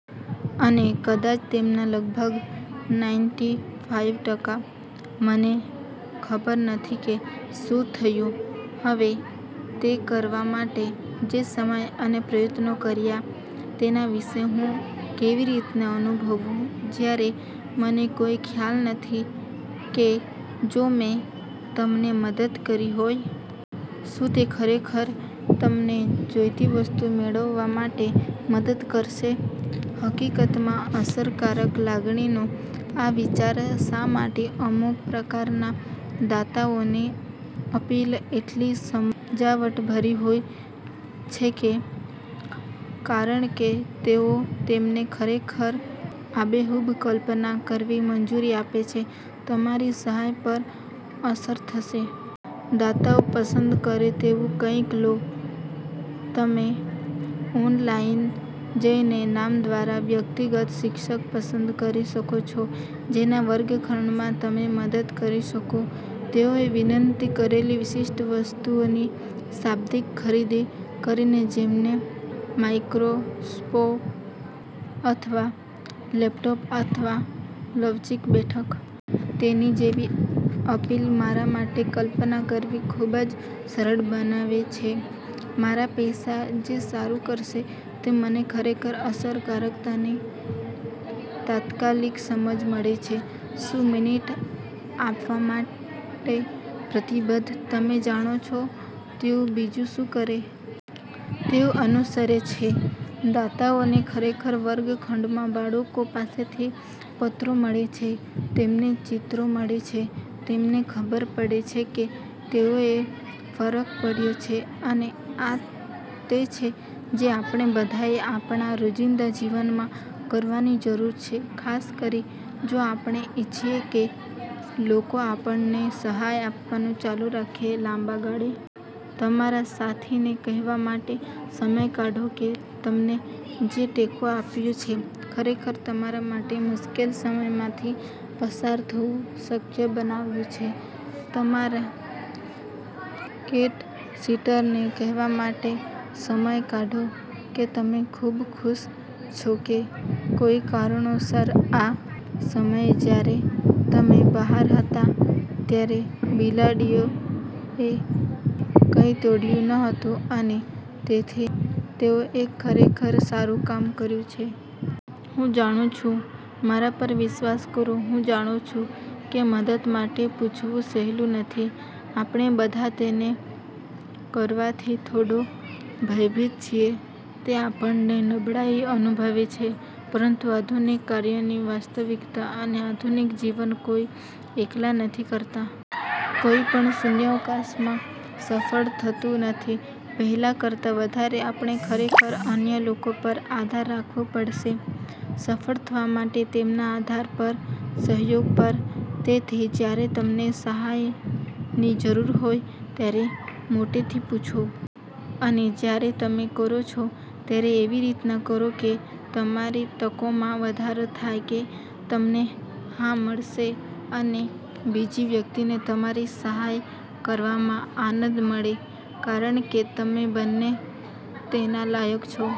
અને કદાચ તેમાંના લગભગ નાઈન્ટી ફાઈવ ટકા મને ખબર નથી કે શું થયું. હવે, તે કરવા માટે જે સમય અને પ્રયત્નો કર્યા તેના વિશે હું કેવી રીતે અનુભવું જ્યારે મને કોઈ ખ્યાલ નથી કે જો મેં તમને મદદ કરી હોય. શું તે ખરેખર તમને જોઈતી વસ્તુ મેળવવા માટે મદદ કરશે? હકીકતમાં, અસરકારક લાગણીનો આ વિચાર શા માટે અમુક પ્રકારના દાતાઓની અપીલ એટલી સમજાવટભરી હોય છે કારણ કે તેઓ તમને ખરેખર આબેહૂબ કલ્પના કરવાની મંજૂરી આપે છે તમારી સહાય પર અસર થશે. દાતાઓ પસંદ કરે તેવું કંઈક લો. તમે ઓનલાઇન જઈને નામ દ્વારા વ્યક્તિગત શિક્ષક પસંદ કરી શકો છો જેના વર્ગખંડમાં તમે મદદ કરી શકશો તેઓએ વિનંતી કરેલી વિશિષ્ટ વસ્તુઓની શાબ્દિક ખરીદી કરીને જેમકે માઇક્રોસ્કોપ અથવા લેપટોપ અથવા લવચીક બેઠક. તેના જેવી અપીલ મારા માટે કલ્પના કરવી ખૂબ જ સરળ બનાવે છે મારા પૈસા જે સારું કરશે તે મને ખરેખર અસરકારકતાની તાત્કાલિક સમજ મળે છે હું મિનિટ આપવા માટે પ્રતિબદ્ધ. તમે જાણો છો, તેઓ બીજું શું કરે? તેઓ અનુસરે છે. દાતાઓને ખરેખર વર્ગખંડમાં બાળકો પાસેથી પત્રો મળે છે, તેમને ચિત્રો મળે છે. તેમને ખબર પડે છે કે તેઓએ ફરક પાડ્યો છે. અને આ તે છે જે આપણે બધાએ આપણા રોજિંદા જીવનમાં કરવાની જરૂર છે ખાસ કરીને જો આપણે ઇચ્છીએ કે લોકો આપણેને સહાય આપવાનું ચાલુ રાખે લાંબા ગાળે. તમારા સાથીને કહેવા માટે સમય કાઢો કે તેમને જે ટેકો આપ્યો છે ખરેખર તમારા માટે મુશ્કેલ સમયમાંથી પસાર થવું શક્ય બનાવ્યું છે. તમારા કેટ-સિટરને કહેવા માટે સમય કાઢો કે તમે ખૂબ ખુશ છો કે કોઈ કારણોસર આ સમયે જ્યારે તમે બહાર હતા ત્યારે બિલાડીઓ એ કંઈ તોડયુ નહોતુ અને તેથી તેઓ એક ખરેખર સારું કામ કર્યું છે. હું જાણું છું, મારા પર વિશ્વાસ કરો, હું જાણું છું કે મદદ માટે પૂછવું સહેલું નથી. આપણે બધા તેને કરવાથી થોડો ભયભીત છીએ. તે આપણને નબળાઈ અનુભવે છે. પરંતુ આધુનિક કાર્યની વાસ્તવિકતા અને આધુનિક જીવન કોઈ એકલા નથી કરતા. કોઈ પણ શૂન્યાવકાશમાં સફળ થતું નથી. પહેલા કરતા વધારે આપણે ખરેખર અન્ય લોકો પર આધાર રાખવો પડશે સફળ થવા માટે તેમના આધાર અને સહયોગ પર. તેથી જ્યારે તમને સહાયની જરૂર હોય, ત્યારે મોટેથી પૂછો. અને જ્યારે તમે કરો છો, ત્યારે એવી રીતે કરો કે તમારી તકોમાં વધારો થાય કે તમને હા મળશે અને બીજી વ્યક્તિને તમારી સહાય કરવામાં આનંદ મળે કારણ કે તમે બંને તેના લાયક છો.